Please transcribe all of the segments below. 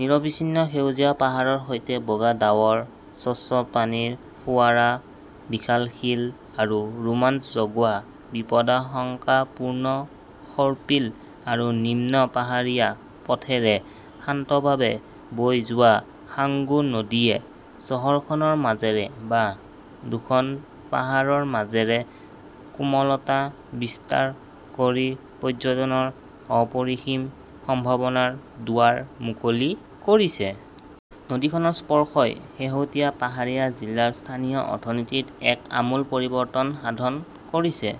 নিৰবিচ্ছিন্ন সেউজীয়া পাহাৰৰ সৈতে বগা ডাৱৰ, স্বচ্ছ পানীৰ ফোঁৱাৰা, বিশাল শিল আৰু ৰোমাঞ্চ জগোৱা বিপদাশংকাপূৰ্ণ সৰ্পিল আৰু নিম্ন পাহাৰীয়া পথেৰে শান্তভাৱে বৈ যোৱা সাঙ্গু নদীয়ে চহৰখনৰ মাজেৰে বা দুখন পাহাৰৰ মাজেৰে কোমলতা বিস্তাৰ কৰি পৰ্যটনৰ অপৰিসীম সম্ভাৱনাৰ দুৱাৰ মুকলি কৰিছে। নদীখনৰ স্পৰ্শই শেহতীয়া পাহাৰীয়া জিলাৰ স্থানীয় অৰ্থনীতিত এক আমূল পৰিৱৰ্তন সাধন কৰিছে।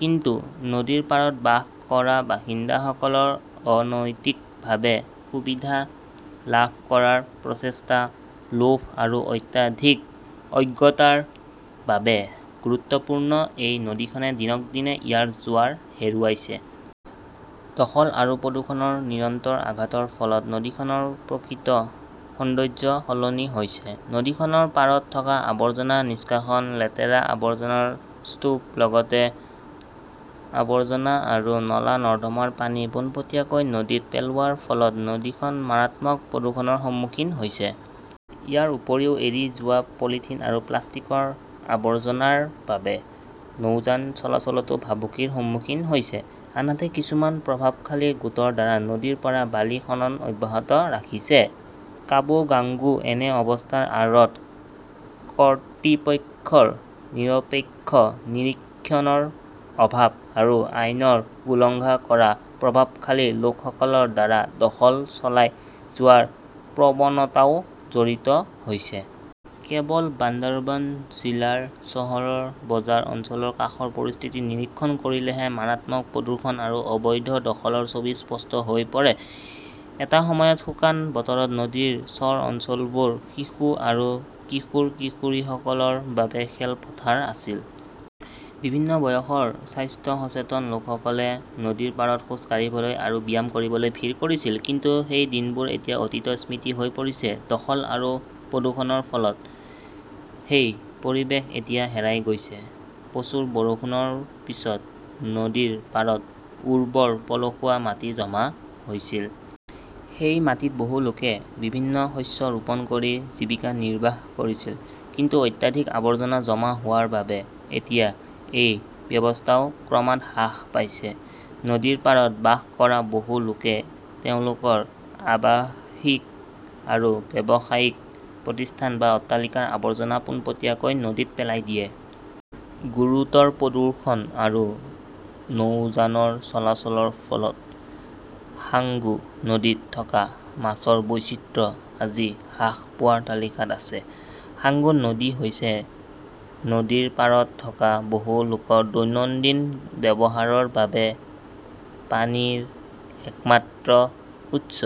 কিন্তু নদীৰ পাৰত বাস কৰা বাসিন্দাসকলৰ অনৈতিকভাৱে সুবিধা লাভ কৰাৰ প্ৰচেষ্টা, লোভ আৰু অত্যাধিক অজ্ঞতাৰ বাবে গুৰুত্বপূৰ্ণ এই নদীখনে দিনক দিনে ইয়াৰ জোৱাৰ হেৰুৱাইছে। দখল আৰু প্ৰদূষণৰ নিৰন্তৰ আঘাতৰ ফলত নদীখনৰ প্ৰকৃত সৌন্দৰ্য সলনি হৈছে। নদীখনৰ পাৰত থকা আৱৰ্জনা নিষ্কাশন, লেতেৰা আৱৰ্জনাৰ স্তূপ লগতে আৱৰ্জনা আৰু নলা-নৰ্দমাৰ পানী পোনপটীয়াকৈ নদীত পেলোৱাৰ ফলত নদীখন মাৰাত্মক প্ৰদূষণৰ সন্মুখীন হৈছে। ইয়াৰ উপৰিও, এৰি যোৱা পলিথিন আৰু প্লাষ্টিকৰ আৱৰ্জনাৰ বাবে নৌযান চলাচলতো ভাবুকিৰ সন্মুখীন হৈছে। আনহাতে, কিছুমান প্ৰভাৱশালী গোটৰ দ্বাৰা নদীৰ পৰা বালি খনন অব্যাহত ৰাখিছে। কাবু সাঙ্গু এনে অৱস্থাৰ আঁৰত কৰ্তৃপক্ষৰ নিৰপেক্ষ নিৰীক্ষণৰ অভাৱ আৰু আইনৰ উলংঘা কৰা প্ৰভাৱশালী লোকসকলৰ দ্বাৰা দখল চলাই যোৱাৰ প্ৰৱণতাও জড়িত হৈছে। কেৱল বান্দাৰবান জিলাৰ চহৰৰ বজাৰ অঞ্চলৰ কাষৰ পৰিস্থিতি নিৰীক্ষণ কৰিলেহে মাৰাত্মক প্ৰদূষণ আৰু অবৈধ দখলৰ ছবি স্পষ্ট হৈ পৰে। এটা সময়ত শুকান বতৰত নদীৰ চৰ অঞ্চলবোৰ শিশু আৰু কিশোৰ-কিশোৰীসকলৰ বাবে খেলৰ পথাৰ আছিল। বিভিন্ন বয়সৰ স্বাস্থ্য সচেতন লোকসকলে নদীৰ পাৰত খোজ কাঢ়িবলৈ আৰু ব্যায়াম কৰিবলৈ ভিৰ কৰিছিল। কিন্তু সেই দিনবোৰ এতিয়া অতীতৰ স্মৃতি হৈ পৰিছে। দখল আৰু প্ৰদূষণৰ ফলত সেই পৰিৱেশ এতিয়া হেৰাই গৈছে। প্ৰচুৰ বৰষুণৰ পিছত নদীৰ পাৰত উৰ্বৰ পলসুৱা মাটি জমা হৈছিল। সেই মাটিত বহু লোকে বিভিন্ন শস্য ৰোপণ কৰি জীৱিকা নিৰ্বাহ কৰিছিল। কিন্তু অত্যাধিক আৱৰ্জনা জমা হোৱাৰ বাবে এতিয়া এই ব্যৱস্থাও ক্ৰমাৎ হ্ৰাস পাইছে। নদীৰ পাৰত বাস কৰা বহু লোকে তেওঁলোকৰ আৱাসিক আৰু ব্যৱসায়িক প্ৰতিষ্ঠান বা অট্টালিকাৰ আৱৰ্জনা পোনপটীয়াকৈ নদীত পেলাই দিয়ে। গুৰুতৰ প্ৰদূষণ আৰু নৌযানৰ চলাচলৰ ফলত সাংগু নদীত থকা মাছৰ বৈচিত্ৰ্য আজি হ্ৰাস পোৱাৰ তালিকাত আছে। সাঙ্গু নদী হৈছে নদীৰ পাৰত থকা বহু লোকৰ দৈনন্দিন ব্যৱহাৰৰ বাবে পানীৰ একমাত্ৰ উৎস।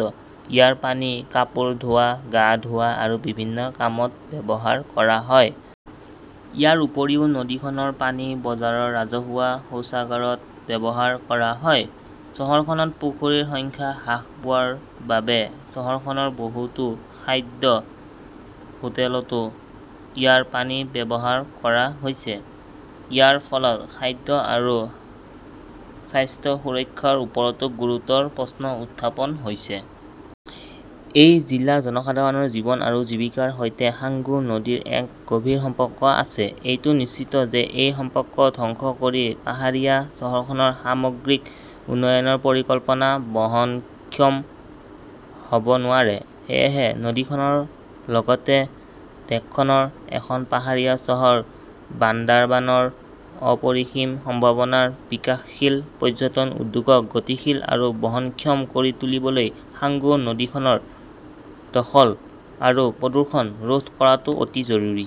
ইয়াৰ পানী কাপোৰ ধোৱা, গা ধোৱা আৰু বিভিন্ন কামত ব্যৱহাৰ কৰা হয়। ইয়াৰ উপৰিও, নদীখনৰ পানী বজাৰৰ ৰাজহুৱা শৌচাগাৰত ব্যৱহাৰ কৰা হয়। চহৰখনত পুখুৰীৰ সংখ্যা হ্ৰাস পোৱাৰ বাবে চহৰখনৰ বহুতো খাদ্য হোটেলতো ইয়াৰ পানী ব্যৱহাৰ কৰা হৈছে! ইয়াৰ ফলত খাদ্য আৰু স্বাস্থ্য সুৰক্ষাৰ ওপৰতো গুৰুতৰ প্ৰশ্ন উত্থাপন হৈছে। এই জিলাৰ জনসাধাৰণৰ জীৱন আৰু জীৱিকাৰ সৈতে সাঙ্গু নদীৰ এক গভীৰ সম্পৰ্ক আছে। এইটো নিশ্চিত যে এই সম্পৰ্ক ধ্বংস কৰি পাহাৰীয়া চহৰখনৰ সামগ্ৰিক উন্নয়নৰ পৰিকল্পনা বহনক্ষম হ 'ব নোৱাৰে। সেয়েহে নদীখনৰ লগতে দেশখনৰ এখন পাহাৰীয়া চহৰ বান্দাৰবানৰ অপৰিসীম সম্ভাৱনাৰ বিকাশশীল পৰ্যটন উদ্যোগক গতিশীল আৰু বহনক্ষম কৰি তুলিবলৈ সাঙ্গু নদীখনৰ দখল আৰু প্ৰদূষণ ৰোধ কৰাটো অতি জৰুৰী।